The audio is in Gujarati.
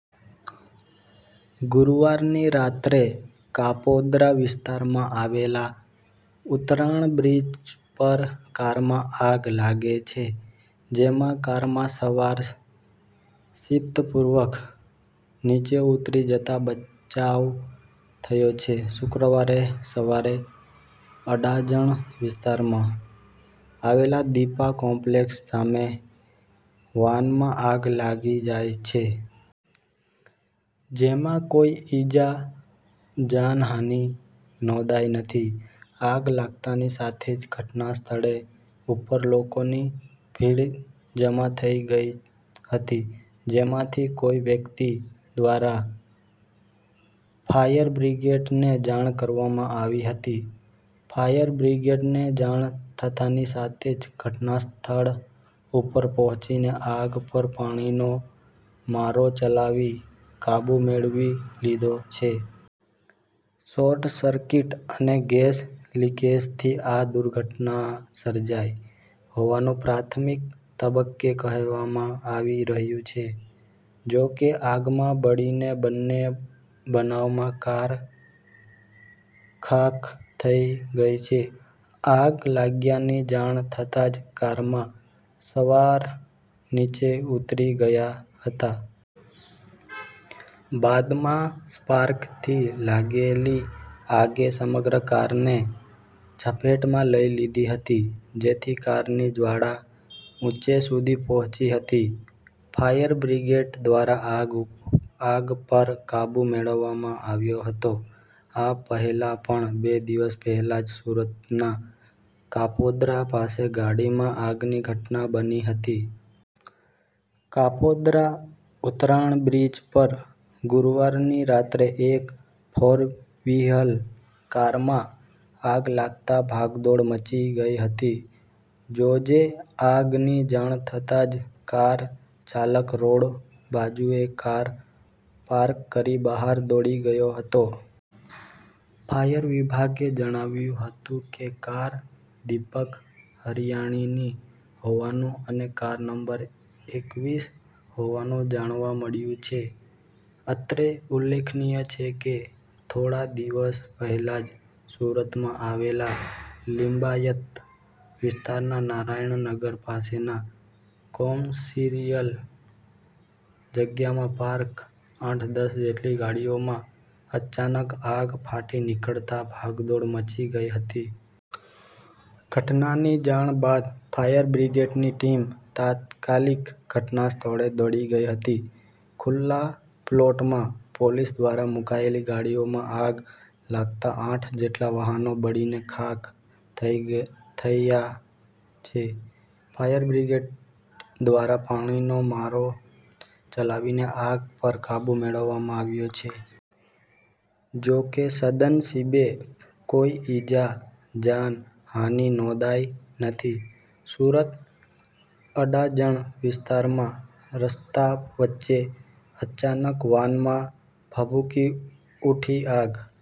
ગુરૂવારની રાત્રે કાપોદ્રા વિસ્તારમાં આવેલા ઉતરાણ બ્રિજ પર કારમાં આગ લાગે છે. જેમાં કારમાં સવાર સિફ્તપૂર્વક નીચે ઉતરી જતા બચાવ થયો છે. શુક્રવારે સવારે અડાજણ વિસ્તારમાં આવેલા દીપા કોમ્પલેક્સ સામે વાનમાં આગ લાગી જાય છે. જેમાં કોઈ ઈજા જાનહાનિ નોંધાઈ નથી. આગ લાગતાની સાથે જ ઘટના સ્થળ ઉપર લોકોની ભીડ જમા થઈ ગઈ હતી. જેમાંથી કોઈ વ્યક્તિ દ્વારા ફાયરબ્રિગેડને જાણ કરવામાં આવી હતી. ફાયરબ્રિગેડને જાણ થતાની સાથે જ ઘટના સ્થળ ઉપર પહોચીને આગ પર પાણીનો મારો ચલાવી કાબૂ મેળવી લીધો છે. શોર્ટ સર્કિટ અને ગેસ લિકેઝથી આ દુર્ઘટના સર્જાઈ હોવાનું પ્રાથમિક તબક્કે કહેવામાં આવી રહ્યું છે. જો કે આગમાં બળીને બન્ને બનાવમાં કાર ખાક થઈ ગઈ છે. આગ લાગ્યાની જાણ થતાં જ કારમાં સવાર નીચે ઉતરી ગયા હતાં. બાદમાં સ્પાર્કથી લાગેલી આગે સમગ્ર કારને ઝપેટમાં લઈ લીધી હતી. જેથી કારની જવાળા ઉંચે સુધી પહોંચી હતી. ફાયરબ્રિગેડ દ્વારા આગ પર કાબૂ મેળવવામાં આવ્યો હતો. આ પહેલા પણ બે દિવસ પહેલા જ સુરતના કાપોદ્રા પાસે ગાડીમાં આગની ઘટના બની હતી. કાપોદ્રા ઉતરાણ બ્રિજ પર ગુરુવારની રાત્રે એક ફોર વ્હીલ કારમાં આગ લાગતા ભાગદોડ મચી ગઈ હતી. જોજે આગ ની જાણ થતાં જ કાર ચાલક રોડ બાજુએ કાર પાર્ક કરી બહાર દોડી ગયો હતો. ફાયર વિભાગે જણાવ્યું હતું કે, કાર દિપક હરિયાણીની હોવાનું અને કાર નંબર એકવીસ હોવાનું જાણવા મળ્યું છે. અત્રે ઉલેખનીય છે કે, થોડા દિવસ પહેલા જ સુરતમાં આવેલ લિંબાયત વિસ્તારના નારાયણ નગર પાસેના કોમર્શિયલ જગ્યામાં પાર્ક આઠ-દસ જેટલી ગાડીઓમાં અચાનક આગ ફાટી નીકળતા ભાગદોડ મચી ગઇ હતી. ઘટનાની જાણ બાદ ફાયર બ્રિગેડ ની ટીમ તાત્કાલિક ઘટના સ્થળે દોડી ગઈ હતી. ખુલ્લા પ્લોટમાં પોલીસ દ્વારા મુકાયેલી ગાડીઓમાં આગ લાગતાં આઠ જેટલા વાહનો બળીને ખાક થયા છે. ફાયરબ્રિગેડ દ્વારા પાણીનો મારો ચલાવીને આગ પર કાબૂ મેળવવામાં આવ્યો છે. જોકે, સદનસીબે કોઈ ઈજા જાન હાનિ નોંધાઈ નથી. સુરત: અડાજણ વિસ્તારમાં રસ્તા વચ્ચે અચાનક વાનમાં ભભૂકી ઉઠી આગ.